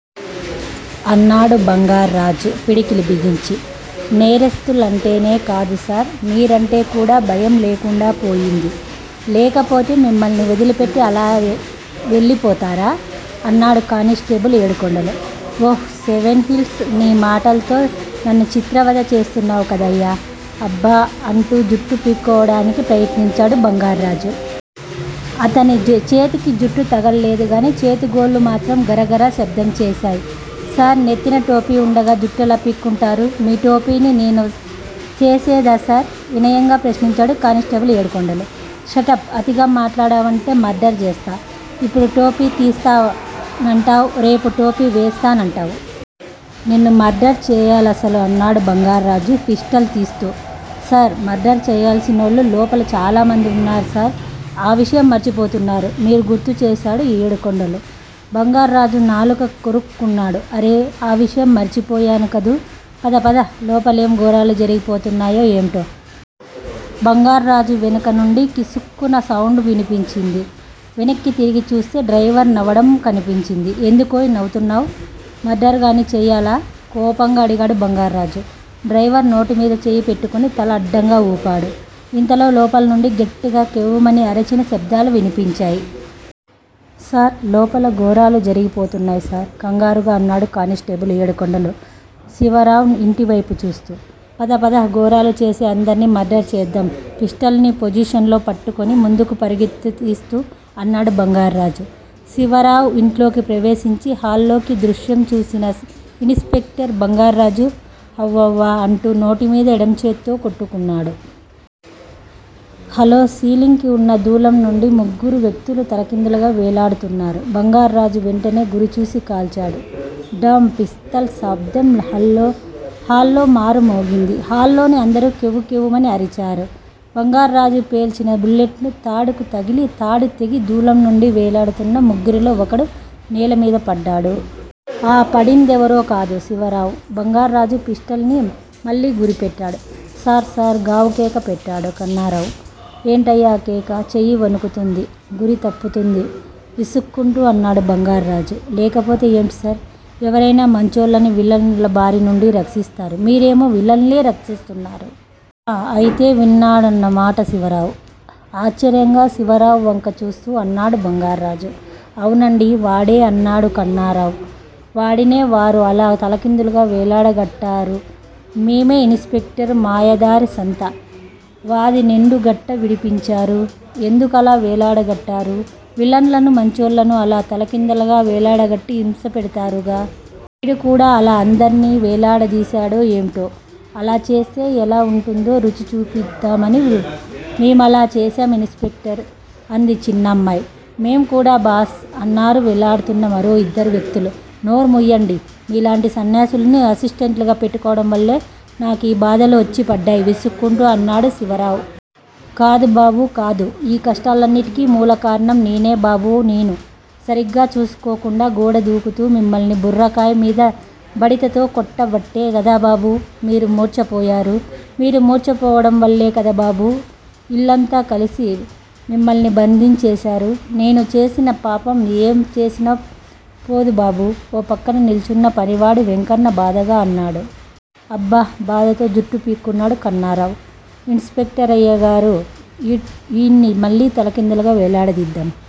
అన్నాడు బంగార్రాజు పిడికిళ్ళు బిగించి. నేరస్తులంటేనే కాదుసార్ మీరంటే కూడా భయంలేకుండా పోయింది. లేకపోతే మిమ్మల్ని వదిలిపెట్టి అలా వెళ్ళిపోతారా?! అన్నాడు constable Edukondalu. Oh seven hills! ని మాటల్తో నన్ను చిత్రవధ చేస్తున్నావు కదయ్యా అబ్బా! అంటూ జుట్టు పిక్కోడానికి ప్రయత్నించాడు బంగార్రాజు. అతని చేతికి జుట్టు తగల్లెదుగాని చేతిగోళ్ళు మాత్రం గరగరా శబ్దం చేశాయి. సార్! నెత్తిన టోపీ వుండగా జుట్టేలా పిక్కుంటారు? మీ టోపిని నేను తేసేదా సార్? వినయంగా ప్రశ్నించాడు కానిస్టేబుల్ ఏడుకొండలు. షటప్ అతిగా మాట్లాడావంటే మర్డరు చేస్తా. ఇప్పుడు టోపీ తీస్తా నంటావ్ రేపు టోపీ వేస్తానని అంటావ్. నిన్ను మర్డర్ చేయ్యలసలు అన్నాడు బంగార్రాజు పిస్టల్ తీస్తూ. సర్! మర్డర్ చెయ్యాల్సినోళ్ళు లోపల చాలామంది వున్నారు సార్ ఆ విషయం మార్చిపోతున్నారు మీరు గుర్తు చేశాడు ఏడుకొండలు. బంగార్రాజు నాలుక కొరుక్కున్నాడు. అర్రే ఆ విషయమే మర్చిపోయాను కదూ? పదపద లోపలేం ఘోరాలు జరిగిపోతున్నాయో ఎంటో?! బంగార్రాజు వెనుకనుండి కిసుక్కున సౌండు వినిపించింది. వెనక్కి తిరిగి చూస్తే డ్రైవరు నవ్వడం కనిపించింది. ఎందుకోయ్ నవ్వుతున్నావ్? మర్డరుగాని చెయ్యలా? కోపంగా అడిగాడు బంగార్రాజు. డ్రైవరు నోటి మీద చెయ్యి పెట్టుకుని తల అడ్డంగా ఊపాడు. ఇంతలో లోపలి నుండి గట్టిగా కెవ్వుమని అరిచిన శబ్దాలు వినిపించాయి. సార్! లోపల ఘోరాలు జరిగిపోతున్నాయి సార్ కంగారుగా అన్నాడు కానిస్టేబులు ఏడుకొండలు శివరావు ఇంటివ్తెపు చూస్తూ. పదపద ఘోరాలు చేసే అందర్నీ మర్డరు చేద్దాం పిస్టల్ ని పొజిషన్ లో పట్టుకొని ముందుకు పరుగుతిస్తూ అన్నాడు బంగార్రాజు. శివరావు ఇంట్లోకి ప్రవేశించి హాల్లోకి దృశ్యం చూసిన ఇన్ స్పెక్టర్ బంగార్రాజు హవ్వ వ్వ వ్వ అంటూ నోటిమీద ఎడమచేత్తో కొట్టుకున్నాడు. హలో సీలింగ్ కి ఉన్న దూలం నుండి ముగ్గురు వ్యక్తులు తలకిందులుగా వేళ్ళాడుతున్నారు. బంగార్రాజు వెంటనే గురిచూసి కాల్చాడు. ఢాం పిస్టల్ శబ్దం హల్లో మారు మోగింది. హాల్లోని అందరూ కెవ్వుకెవ్వుమని అరిచారు. బంగార్రాజు పేల్చినా బుల్లెట్ తాడుకి తగిలి తాడుతెగి దూలం నుండి వేళ్ళాడుతున్న ముగ్గురిలో ఒకడు నేలమీద పడ్డాడు. ఆ పడేందేవరో కాదు. శివరావు!! బంగార్రాజు పిస్టల్ ని మళ్ళి గురిపెట్టాడు. సార్ సార్ గావుకేక పెట్టాడు కన్నారావు. ఏంటయ్యా ఆ కేక? చెయ్యి వణుకుతూంది. గురి తప్పతుంది విసుక్కుంటూ అన్నాడు బంగార్రాజు. లేకపోతే ఏంటిసార్? ఎవరయినా మంచోళ్ళని విలన్ బారి నుండి రక్షిస్తారు. మీరేమో విలన్ నే రక్షిస్తున్నారు!! ఆ! అయితే విడేనన్నమాట శివరావు? ఆశ్చర్యంగా శివరావు వంక చూస్తూ అన్నాడు బంగార్రాజు. అవునండి వాడే అన్నాడు కన్నారావు. వాడినేవారు అలా తలకిందులుగా వెళ్లాడగాట్టేరు? మేమే ఇన్స్ పెక్టర్! మాయదారి సంత!! వాదినేండుకట్టా విడిపించారు?? ఎందుకలా వేళ్ళాడగట్టారు? విలన్లు మంచోళ్ళని అలా తలకిందులుగా వెళ్ళాడగట్టి హింసపెడ్తారుగా? వీడు కూడా అలా ఎందర్ని వేళ్ళాడదిశాడో ఎంటో?! అలా చేస్తే ఎలా వుంటుందో రుచి చూపించుదామని మేమలా చేశాం ఇన్స్ పెక్టర్ అంది చిన్నమ్మాయ్. మేం కూడా బాస్!! అన్నారు వెళ్లాడ్తున్న మరో ఇద్దరు వ్యక్తులు. నోర్ముయ్యండి. మీలాంటి సన్నాసులని అసిస్టెంట్లులుగా పెట్టుకోవడం వాళ్ళే నాకి బాదలు వచ్చిపడ్డాయ్ విసుక్కుంటూ అన్నాడు శివరావు. కాదుబాబూ కాదు! ఈ కష్టాలన్నింటికీ మూలకారణం నేనే బాబూ నేను. సరిగా చూసుకోకుండా గోడదూకుతున్న మిమ్మల్ని బుర్రకాయ్ మీద బడితతో కొట్టబట్టే కదబాబూ మీరు మూర్చపోయారు? మీరు మూర్చపోడం వల్లెకదబాబూ ఈళ్ళంతా కలసి మిమ్మల్ని బందించేశారు నేను సేసిన పాపం ఏం చేసినా పోడుబాబూ ఓ పక్కగా నిల్చున్న పనివాడు వెంకన్న బాధగా అన్నాడు. అబ్బా! బాధతో జుట్టు పిక్కున్నాడు కన్నారావు. ఇన్స్ పెక్టరయ్యగారూ ఈడ్ని మళ్ళి తలకిందలుగా వెళ్లాడదిద్దాం